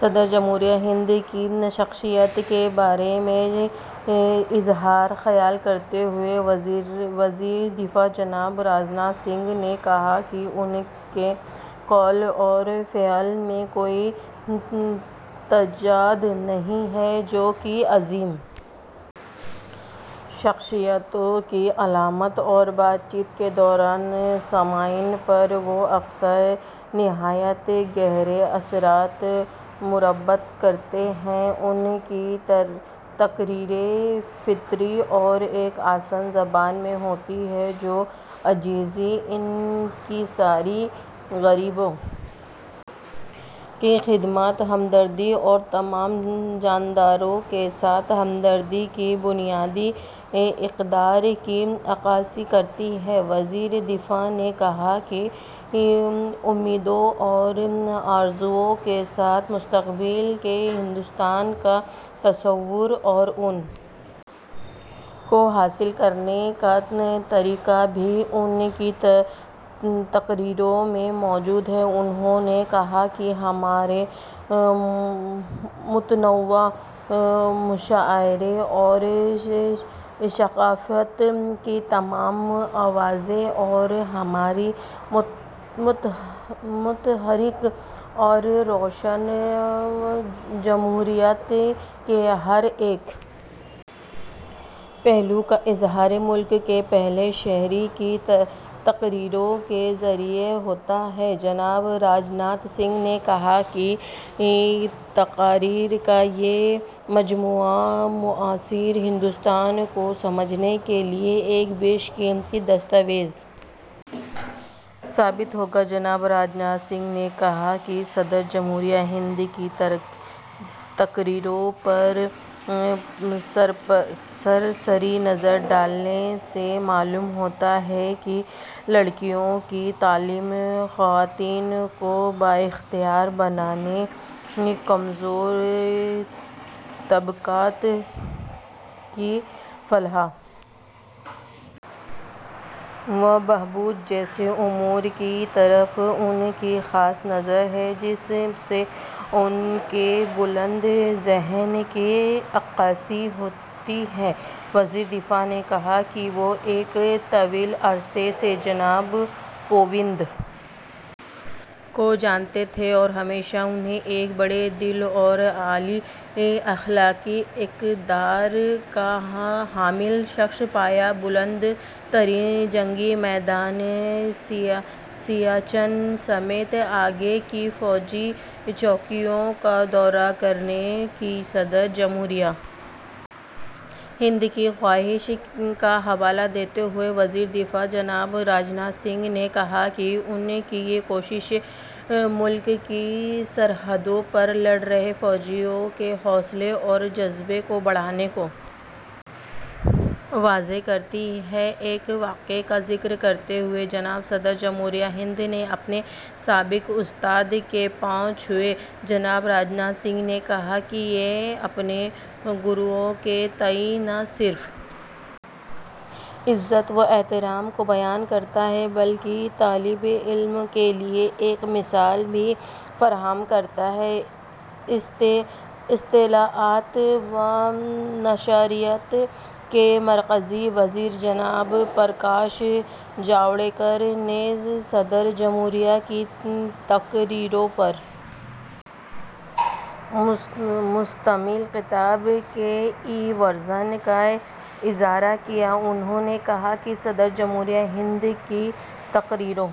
صدر جمہوریہ ہند کی شخصیت کے بارے میں اظہار خیال کرتے ہوئے وزیر دفاع جناب راجناتھ سنگھ نے کہا کہ ان کے قول اور فعل میں کوئی تضاد نہیں ہے جو کہ عظیم شخصیتوں کی علامت ہے بات چیت کے دوران سامعین پر وہ اکثر نہایت گہرے اثرات مرتسم کرتے ہیں ان کی تقریریں فطری اور ایک آسان زبان میں ہوتی ہیں جو عاجزی انکساری غریبوں کی خدمت ہمدردی اور تمام جانداروں کے ساتھ ہمدردی کی بنیادی اقدار کی عکاسی کرتی ہیں وزیر دفاع نے کہا کہ امیدوں اور آرزوؤں کے ساتھ مستقبل کے ہندوستان کا تصور اور ان کو حاصل کرنے کا طریقہ بھی ان کی تقریروں میں موجود ہے انہوں نے کہا کہ ہمارے متنوع معاشرے اور ثقافت کی تمام آوازیں اور ہماری متحرک اور روشن جمہوریت کے ہر ایک پہلو کا اظہار ملک کے پہلے شہری کی تقریروں کے ذریعے ہوتا ہے جناب راجناتھ سنگھ نے کہا کہ تقاریر کا یہ مجموعہ معاصر ہندوستان کو سمجھنے کے لیے ایک بیش قیمتی دستاویز ثابت ہوگا جناب راجناتھ سنگھ نے کہا کہ صدر جمہوریہ ہند کی تقریروں پر سرسری نظر ڈالنے سے معلوم ہوتا ہے کہ لڑکیوں کی تعلیم خواتین کو بااختیار بنانے کمزور طبقات کی فلاح و بہبود جیسے امور کی طرف ان کی خاص نظر ہے جس سے ان کے بلند ذہن کی عکاسی ہوتی ہے وزیر دفاع نے کہا کہ وہ ایک طویل عرصے سے جناب کووند کو جانتے تھے اور ہمیشہ انہیں ایک بڑے دل اور اعلیٰ اخلاقی اقدار کا حامل شخص پایا بلند ترین جنگی میدان سیاچن سمیت آگے کی فوجی چوکیوں کا دورہ کرنے کی صدر جمہوریہ ہند کی خواہش کا حوالہ دیتے ہوئے وزیر دفاع جناب راجناتھ سنگھ نے کہا کہ ان کی یہ کوشش ملک کی سرحدوں پر لڑ رہے فوجیوں کے حوصلے اور جذبے کو بڑھانے کو واضح کرتی ہے ایک واقعہ کا ذکر کرتے ہوئے جب صدر جمہوریہ ہند نے اپنے سابق اساتذہ کے پاؤں چھوئے جناب راجناتھ سنگھ نے کہا کہ یہ اپنے گروؤں کے تئیں نہ صرف عزت و احترام کو بیان کرتا ہے بلکہ طالب علموں کے لیے ایک مثال بھی فراہم کرتا ہے اطلاعات و نشریات کے مرکزی وزیر جناب پرکاش جاوڈیکر نے صدر جمہوریہ کی تقریروں پر مشتمل کتاب کے ای ورژن کا اجراء کیا انہوں نے کہا کہ صدر جمہوریہ ہند کی تقریروں